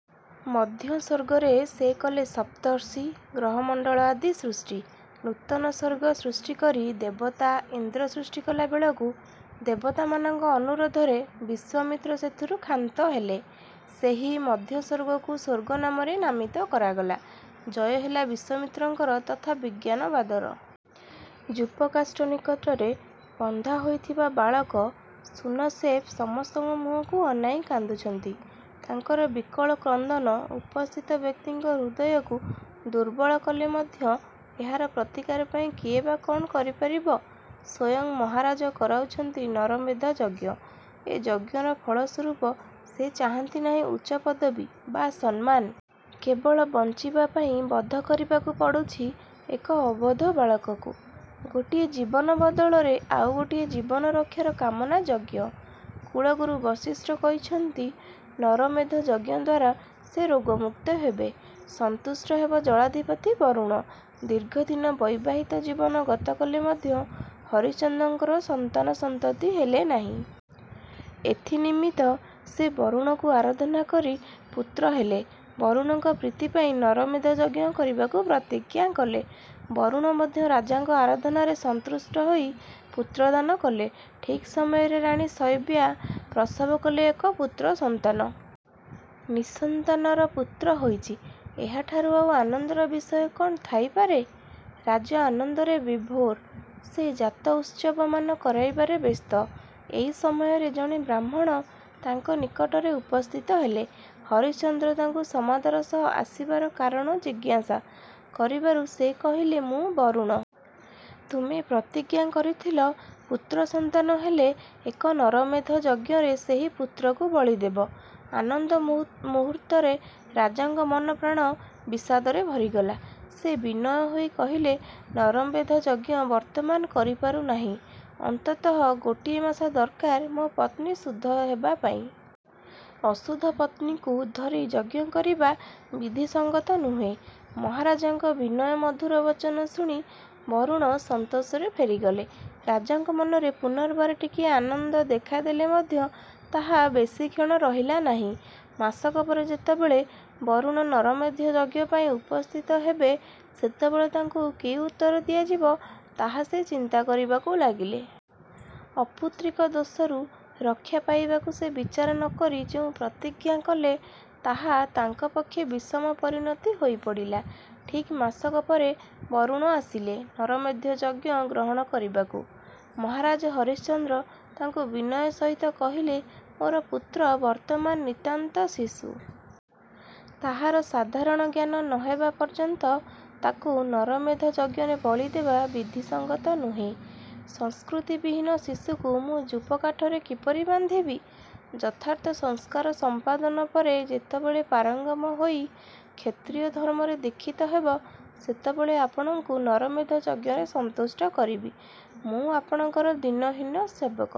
ମଧ୍ୟ ସ୍ୱର୍ଗରେ ସେ କଲେ ସପ୍ତର୍ଷୀ, ଗ୍ରହମଣ୍ଡଳ ଆଦି ସୃଷ୍ଟି। ନୂତନ ସ୍ୱର୍ଗ ସୃଷ୍ଟ କରି ଦେବତା, ଇନ୍ଦ୍ର ସୃଷ୍ଟିକଲା ବେଳକୁ ଦେବତାମାନଙ୍କ ଅନୁରୋଧରେ ବିଶ୍ୱାମିତ୍ର ସେଥିରୁ କ୍ଷାନ୍ତ ହେଲେ। ସେହି ମଧ୍ୟସ୍ୱର୍ଗକୁ ସ୍ୱର୍ଗ ନାମରେ ନାମିତ କରାଗଲା। ଜୟ ହେଲା ବିଶ୍ୱାମିତ୍ରଙ୍କର ତଥା ବିଜ୍ଞାନବାଦର। ଯୂପ କାଷ୍ଠ ନିକଟରେ ବନ୍ଧା ହୋଇଥିବା ବାଳକ ଶୂନଶେଫ ସମସ୍ତଙ୍କ ମୁହଁକୁ ଅନାଇ କାନ୍ଦୁଛନ୍ତି। ତାଙ୍କର ବିକଳ କ୍ରନ୍ଦନ ଉପସ୍ଥିତ ବ୍ୟକ୍ତିଙ୍କ ହୃଦୟକୁ ଦୁର୍ବଳ କଲେ ମଧ୍ୟ ଏହାର ପ୍ରତିକାର ପାଇଁ କିଏବା କ'ଣ କରିପାରିବ। ସ୍ୱୟଂ ମହାରାଜା କରାଉଛନ୍ତି ନରମେଧ ଯଜ୍ଞ। ଏ ଯଜ୍ଞର ଫଳ ସ୍ୱରୂପ ସେ ଚାହାଁନ୍ତି ନାହିଁ ଉଚ୍ଚପଦବୀ ବା ସମ୍ମାନ। କେବଳ ବଞ୍ଚିବା ପାଇଁ ବଧ କରିବାକୁ ପଡ଼ୁଛି ଏକ ଅବୋଧ ବାଳକକୁ। ଗୋଟିଏ ଜୀବନ ବଦଳରେ ଆଉ ଗୋଟିଏ ଜୀବନ ରକ୍ଷାର କାମନା ଯଜ୍ଞ। କୁଳଗୁର ବଶିଷ୍ଠ କହିଛିନ୍ତ, ନରମେଧ ଯଜ୍ଞ ଦ୍ୱାରା ସେ ରୋଗମୁକ୍ତ ହେବେ। ସନ୍ତୁଷ୍ଟ ହେବ ଜଳାଧିପତି ବରୁଣ। ଦୀର୍ଘ ଦିନ ବୈବାହିତ ଜୀବନ ଗତ କଲେ ମଧ୍ୟ ହରିଶ୍ଚନ୍ଦ୍ରଙ୍କର ସନ୍ତାନ ସନ୍ତତି ହେଲେ ନାହିଁ। ଏଥି ନିମିତ୍ତ ସେ ବରୁଣକୁ ଆରାଧନା କରି ପୁତ୍ର ହେଲେ ବରୁଣଙ୍କ ପ୍ରୀତି ପାଇଁ ନରମେଧ ଯଜ୍ଞ କରିବାକୁ ପ୍ରତିଜ୍ଞା କଲେ। ବରୁଣ ମଧ୍ୟ ରାଜାଙ୍କ ଆରାଧନାରେ ସନ୍ତୁଷ୍ଟ ହୋଇ ପୁତ୍ର ଦାନ କଲେ। ଠିକ୍ ସମୟରେ ରାଣୀ ଶୈବ୍ୟା ପ୍ରସବ କଲେ ଏକ ପୁତ୍ର ସନ୍ତାନ। ନିଃସନ୍ତାନର ପୁତ୍ର ହୋଇଛି, ଏହାଠାରୁ ଆଉ ଆନନ୍ଦର ବିଷୟ କଣ ଥାଇପାରେ! ରାଜା ଆନନ୍ଦରେ ବିଭୋର। ସେ ଜାତ ଉତ୍ସବମାନ କରାଇବାରେ ବ୍ୟସ୍ତ। ଏହି ସମୟରେ ଜଣେ ବ୍ରାହ୍ମଣ ତାଙ୍କ ନିକଟରେ ଉପସ୍ଥିତ ହେଲେ। ହରିଶ୍ଚନ୍ଦ୍ର ତାଙ୍କୁ ସମାଦର ସହ ଆସିବାର କାରଣ ଜିଜ୍ଞାସା। କରିବାରୁ ସେ କହିଲେ ''ମୁଁ ବରୁଣ। ତୁମ୍ଭେ ପ୍ରତିଜ୍ଞା କରିଥିଲ ପୁତ୍ରସନ୍ତାନ ହେଲେ ଏକ ନରମେଧ ଯଜ୍ଞରେ ସେହି ପୁତ୍ରକୁ ବଳି ଦେବ। '' ଆନନ୍ଦ ମୁହୂର୍ତ୍ତରେ ରାଜାଙ୍କ ମନ ପ୍ରାଣ ବିଷାଦରେ ଭରିଗଲା। ସେ ବିନୟ ହୋଇ କହିଲେ, ନରମେଧ ଯଜ୍ଞ ବର୍ତ୍ତମାନ କରିପାରୁ ନାହିଁ। ଅନ୍ତତଃ ଗୋଟିଏ ମାସ ଦରକାର ମୋ ପତ୍ନୀ ଶୁଦ୍ଧ ହେବା ପାଇଁ। ଅଶୁଦ୍ଧ ପତ୍ନୀକୁ ଧରି ଯଜ୍ଞ କରିବା ବିଧିସଙ୍ଗତ ନୁହେଁ। ମହାରାଜାଙ୍କ ବିନୟ ମଧୁର ବଚନ ଶୁଣି ବରୁଣ ସନ୍ତୋଷରେ ଫେରିଗଲେ। ରାଜାଙ୍କ ମନରେ ପୁନର୍ବାର ଟିକିଏ ଆନନ୍ଦ ଦେଖାଦେଲେ ମଧ୍ୟ ତାହା ବେଶି କ୍ଷଣ ରହିଲା ନାହିଁ। ମାସକ ପରେ ଯେତେବେଳେ ବରୁଣ ନରମେଧ ଯଜ୍ଞ ପାଇଁ ଉପସ୍ଥିତ ହେବେ ସେତେବେଳେ ତାଙ୍କୁ କି ଉତ୍ତର ଦିଆଯିବ ତାହା ସେ ଚିନ୍ତା କରିବାକୁ ଲାଗିଲେ। ଅପୁତ୍ରିକ ଦୋଷରୁ ରକ୍ଷା ପାଇବାକୁ ସେ ବିଚାର ନ କରି ଯେଉଁ ପ୍ରତିଜ୍ଞା କଲେ ତାହା ତାଙ୍କ ପକ୍ଷେ ବିଷମ ପରିଣତି ହୋଇ ପଡ଼ିଲା। ଠିକ୍ ମାସକପରେ ବରୁଣ ଆସିଲେ ନରମେଧ ଯଜ୍ଞ ଗ୍ରହଣ କରିବାକୁ। ମହାରାଜ ହରିଶ୍ଚନ୍ଦ୍ର ତାଙ୍କୁ ବିନୟ ସହିତ କହିଲେ, ମୋର ପୁତ୍ର ବର୍ତ୍ତମାନ ନିତାନ୍ତ ଶିଶୁ। ତାହାର ସାଧାରଣ ଜ୍ଞାନ ନ ହେବା ପର୍ଯ୍ୟନ୍ତ ତାକୁ ନରମେଧ ଯଜ୍ଞରେ ବଳି ଦେବା ବିଧିସଙ୍ଗତ ନୁହେଁ। ସଂସ୍କୃତି ବିହୀନ ଶିଶୁକୁ ମୁଁ ଯୂପକାଠରେ କିପରି ବାନ୍ଧିବି? ଯଥାର୍ଥ ସଂସ୍କାର ସମ୍ପାଦନ ପରେ ଯେତେବେଳେ ପାରଙ୍ଗମ ହୋଇ କ୍ଷତ୍ରୀୟ ଧର୍ମରେ ଦୀକ୍ଷିତ ହେବ ସେତେବେଳେ ଆପଣଙ୍କୁ ନରମେଧ ଯଜ୍ଞରେ ସନ୍ତୁଷ୍ଟ କରିବି। ମୁଁ ଆପଣଙ୍କର ଦୀନହୀନ ସେବକ।